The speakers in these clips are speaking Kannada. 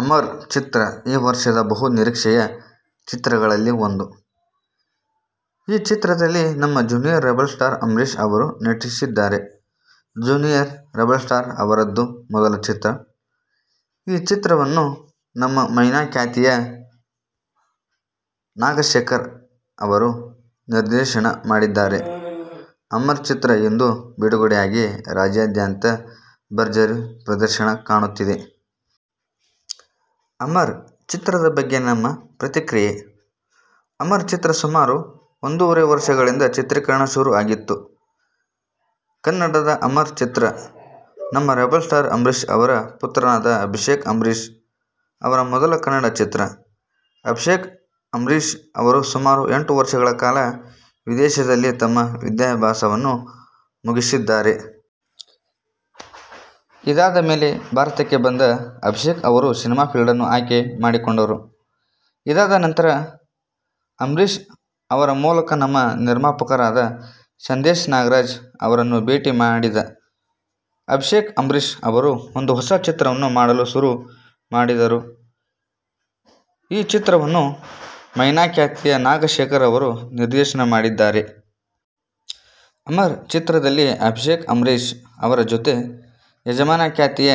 ಅಮರ್ ಚಿತ್ರ ಈ ವರ್ಷದ ಬಹು ನಿರೀಕ್ಷೆಯ ಚಿತ್ರಗಳಲ್ಲಿ ಒಂದು! ಈ ಚಿತ್ರದಲ್ಲಿ ನಮ್ಮ ಜೂನಿಯರ್ ರೆಬೆಲ್ ಸ್ಟಾರ್ ಅಂಬರೀಷ್ ಅವರು ನಟಿಸಿದ್ದಾರೆ. ಜೂನಿಯರ್ ರೆಬೆಲ್ ಸ್ಟಾರ್ ಅವರದ್ದು ಮೊದಲ ಚಿತ್ರ. ಈ ಚಿತ್ರವನ್ನು ನಮ್ಮ ಮೈನಾ ಖ್ಯಾತಿಯ ನಾಗಶೇಖರ್ ಅವರು ನಿರ್ದೇಶನ ಮಾಡಿದ್ದಾರೆ. ಅಮರ್ ಚಿತ್ರ ಇಂದು ಬಿಡುಗಡೆ ಆಗಿ ರಾಜ್ಯಾದ್ಯಂತ ಭರ್ಜರಿ ಪ್ರದರ್ಶನ ಕಾಣುತ್ತಿದೆ. ಅಮರ್ ಚಿತ್ರದ ಬಗ್ಗೆ ನಮ್ಮ ಪ್ರತಿಕ್ರೆಯೆ! ಅಮರ್ ಚಿತ್ರ ಸುಮಾರು ಒಂದೂವರೆ ವರ್ಷಗಳಿಂದ ಚಿತ್ರೀಕರಣ ಶುರು ಆಗಿತ್ತು. ಕನ್ನಡದ ಅಮರ್ ಚಿತ್ರ, ನಮ್ಮ ರೆಬೆಲ್ ಸ್ಟಾರ್ ಅಂಬರೀಷ್ ಅವರ ಪುತ್ರನಾದ ಅಭಿಷೇಕ್ ಅಂಬರೀಷ್ ಅವರ ಮೊದಲ ಕನ್ನಡ ಚಿತ್ರ. ಅಭಿಷೇಕ್ ಅಂಬರೀಷ್ ಅವರು ಸುಮಾರು ಎಂಟು ವರ್ಷಗಳ ಕಾಲ ವಿದೇಶದಲ್ಲಿ ತಮ್ಮ ವಿದ್ಯಾಭ್ಯಾಸ ವನ್ನು ಮುಗಿಸಿದ್ದಾರೆ. ಇದಾದ ಮೇಲೆ ಭಾರತಕ್ಕೆ ಬಂದ ಅಭಿಷೇಕ್ ಅವರು ಸಿನಿಮಾ ಫೀಲ್ಡನ್ನು ಆಯ್ಕೆ ಮಾಡಿಕೊಂಡರು. ಇದಾದ ನಂತರ ಅಂಬರೀಷ್ ಅವರ ಮೂಲಕ ನಮ್ಮ ನಿರ್ಮಾಪಕರಾದ ಸಂದೇಶ್ ನಾಗರಾಜ್ ಅವರನ್ನು ಭೇಟಿ ಮಾಡಿದ ಅಭಿಷೇಕ್ ಅಂಬರೀಷ್ ಅವರು ಒಂದು ಹೊಸ ಚಿತ್ರವನ್ನು ಮಾಡಲು ಶುರು ಮಾಡಿದರು. ಈ ಚಿತ್ರವನ್ನು ಮೈನಾ ಖ್ಯಾತಿಯ ನಾಗಶೇಖರ್ ಅವರು ನಿರ್ದೇಶನ ಮಾಡಿದ್ದಾರೆ. ಅಮರ್ ಚಿತ್ರದಲ್ಲಿ ಅಭಿಷೇಕ್ ಅಂಬರೀಷ್ ಅವರ ಜೊತೆ, ಯಜಮಾನ ಖ್ಯಾತಿಯ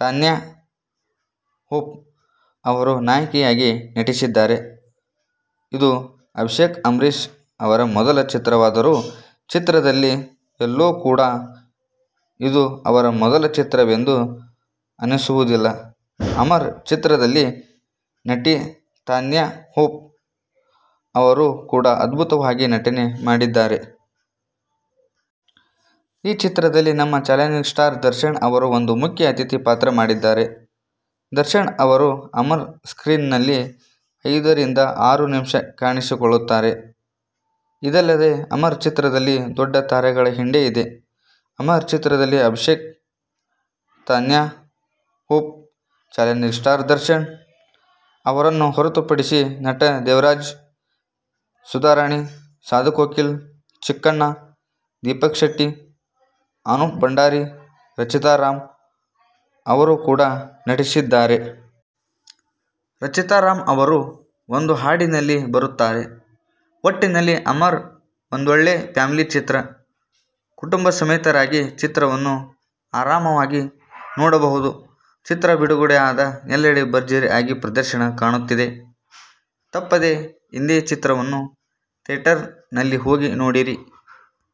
ತಾನ್ಯಾ ಹೋಪ್ ಅವರು ನಾಯಕಿ ಯಾಗಿ ನಟಿಸಿದ್ದಾರೆ. ಇದು ಅಭಿಷೇಕ್ ಅಂಬರೀಷ್ ಅವರ ಮೊದಲ ಚಿತ್ರವಾದರೂ, ಚಿತ್ರದಲ್ಲಿ ಎಲ್ಲೂ ಕೂಡ ಇದು ಅವರ ಮೊದಲ ಚಿತ್ರ ವೆಂದು ಅನಿಸುವುದಿಲ್ಲ ಅಮರ್ ಚಿತ್ರದಲ್ಲಿ ನಟಿ ತಾನ್ಯಾ ಹೋಪ್ ಅವರು ಕೂಡ ಅದ್ಭುತವಾಗಿ ನಟನೆ ಮಾಡಿದ್ದಾರೆ. ಈ ಚಿತ್ರದಲ್ಲಿ ನಮ್ಮ ಚಾಲೆಂಜಿಂಗ್ ಸ್ಟಾರ್ ದರ್ಶನ್ ಅವರು ಒಂದು ಮುಖ್ಯ ಅತಿಥಿ ಪಾತ್ರ ಮಾಡಿದ್ದಾರೆ. ದರ್ಶನ್ ಅವರು ಅಮರ್ ಸ್ಕ್ರೀನ್ ನಲ್ಲಿ ಐದ ರಿಂದ ಆರು ನಿಮಿಷ ಕಾಣಿಸಿಕೊಳ್ಳುತ್ತಾರೆ. ಇದಲ್ಲದೆ ಅಮರ್ ಚಿತ್ರದಲ್ಲಿ ದೊಡ್ಡ ತಾರೆಗಳ ಹಿಂಡೇ ಇದೆ. ಅಮರ್ ಚಿತ್ರದಲ್ಲಿ Abhishek, Tanya Hope, challenging star Darshan ಅವರನ್ನು ಹೊರೆತುಪಡಿಸಿ ನಟ ದೇವರಾಜ್, ಸುಧಾ ರಾಣಿ, ಸಾಧು ಕೋಕಿಲ, ಚಿಕ್ಕಣ್ಣ, ದೀಪಕ್ ಶೆಟ್ಟಿ, ಅನೂಪ್ ಭಂಡಾರಿ, ರಚಿತಾ ರಾಮ್ ಅವರು ಕೂಡ ನಟಿಸಿದ್ದಾರೆ. ರಚಿತಾ ರಾಮ್ ಅವರು ಒಂದು ಹಾಡಿನಲ್ಲಿ ಬರುತ್ತಾರೆ. ಒಟ್ಟಿನಲ್ಲಿ ಅಮರ್ ಒಂದೊಳ್ಳೆ ಫ್ಯಾಮಿಲಿ ಚಿತ್ರ. ಕುಟುಂಬಸಮೇತರಾಗಿ ಚಿತ್ರವನ್ನು ಆರಾಮಾಗಿ ನೋಡಬಹುದು. ಚಿತ್ರ ಬಿಡುಗಡೆ ಆದ ಎಲ್ಲೆಡೆ ಭರ್ಜರಿ ಆಗಿ ಪ್ರದರ್ಶನ ಕಾಣುತ್ತಿದೆ! ತಪ್ಪದೆ ಇಂದೇ ಚಿತ್ರವನ್ನು ಥಿಯೇಟರ್ ನಲ್ಲಿ ಹೋಗಿ ನೋಡಿರಿ!